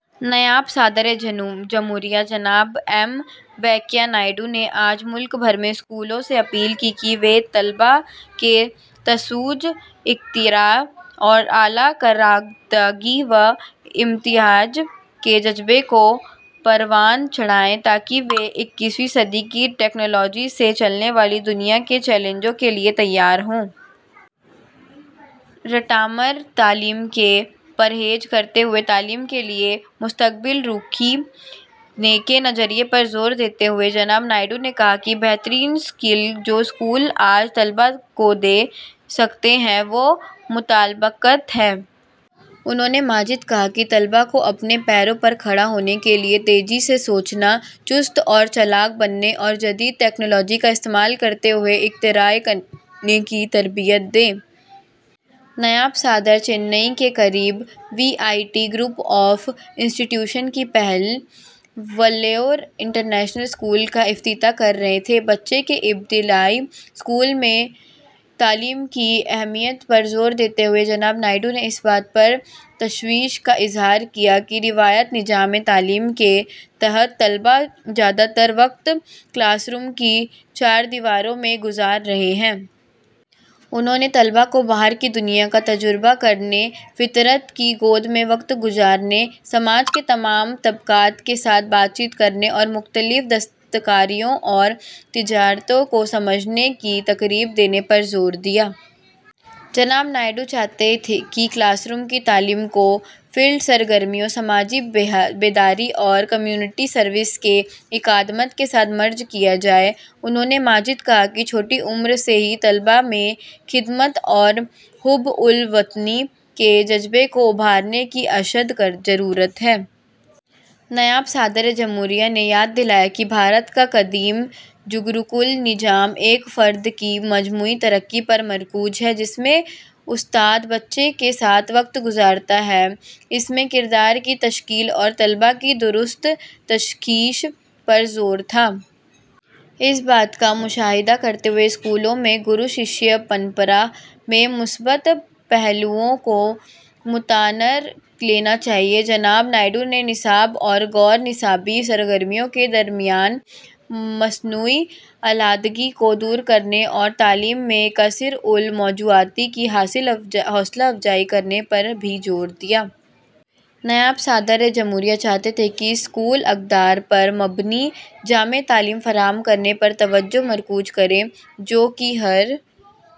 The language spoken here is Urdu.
نائب صدر جمہوریہ جناب ایم وینکیا نائیڈو نے آج ملک بھر کے اسکولوں سے اپیل کی کہ وہ طلبہ میں تجسس، اختراع اور عمدگی و امتیاز کے جذبے کو پروان چڑھائیں، تاکہ وہ اکیسویں صدی کی ٹیکنالوجی سے چلنے والی دنیا کے چیلنجوں کے لیے تیار ہوں۔ رٹامار تعلیم سے پرہیز کرتے ہوئے تعلیم کے لیے مستقبل رخی کے نقطۂ نظر پر زور دیتے ہوئے، جناب نائیڈو نے کہا کہ ’’بہترین اسکل اسکول جو آج طلبہ کو دے سکتے ہیں، وہ موافقت ہے‘‘۔ انھوں نے مزید کہا کہ ’’طلباء کو اپنے پیروں پر کھڑا ہونے کے لیے تیزی سے سوچنے، چست و چالاک بننے اور جدید ٹیکنالوجی کا استعمال کرتے ہوئے اختراع کرنے کی تربیت دیں۔‘‘ نائب صدر چنئی کے قریب V I T group of institutions کی پہل ویلور انٹرنیشنل اسکول کا افتتاح کر رہے تھے۔ بچے کے ابتدائی سالوں میں اسکول کی تعلیم کی اہمیت پر زور دیتے ہوئے جناب نائیڈو نے اس بات پر تشویش کا اظہار کیا کہ روایتی نظامِ تعلیم کے تحت طلبہ زیادہ تر وقت کلاس روم کی چار دیواری میں گزار رہے ہیں۔ انھوں نے طلباء کو ’’باہر کی دنیا کا تجربہ کرنے، فطرت کی گود میں وقت گزارنے، معاشرے کے تمام طبقات کے ساتھ بات چیت کرنے، اور مختلف دستکاریوں اور تجارتوں کو سمجھنے‘‘ کی ترغیب دینے پر زور دیا۔ جناب نائیڈو چاہتے تھے کہ کلاس روم کی تعلیم کو فیلڈ سرگرمیوں، سماجی بیداری اور کمیونٹی سروس کے اقدامات کے ساتھ ضم کیا جائے۔ انھوں نے مزید کہا کہ چھوٹی عمر سے ہی طلباء میں خدمت اور حب الوطنی کے جذبے کو ابھارنے کی اشد ضرورت ہے۔ نائب صدر جمہوریہ نے یاد دلایا کہ بھارت کا قدیم گروکل نظام ایک فرد کی مجموعی ترقی پر مرکوز ہے، جس میں استاد بچے کے ساتھ وقت گزارتا ہے۔ اس میں کردار کی تشکیل اور طلباء کی درست تشخیص پر زور تھا۔ اس بات کا مشاہدہ کرتے ہوئے کہ اسکولوں کو ’گرو شیشیہ پرمپرا‘ کے مثبت پہلوؤں کو مستعار لینا چاہیے، جناب نائیڈو نے نصابی اور غیر نصابی سرگرمیوں کے درمیان مصنوعی علیحدگی کو دور کرنے اور تعلیم میں کثیر الموضوعاتی کی حوصلہ افزائی کرنے پر بھی زور دیا۔ نائب صدر جمہوریہ چاہتے تھے کہ اسکول اقدار پر مبنی، جامع تعلیم فراہم کرنے پر توجہ مرکوز کریں جو کہ ’’ہر...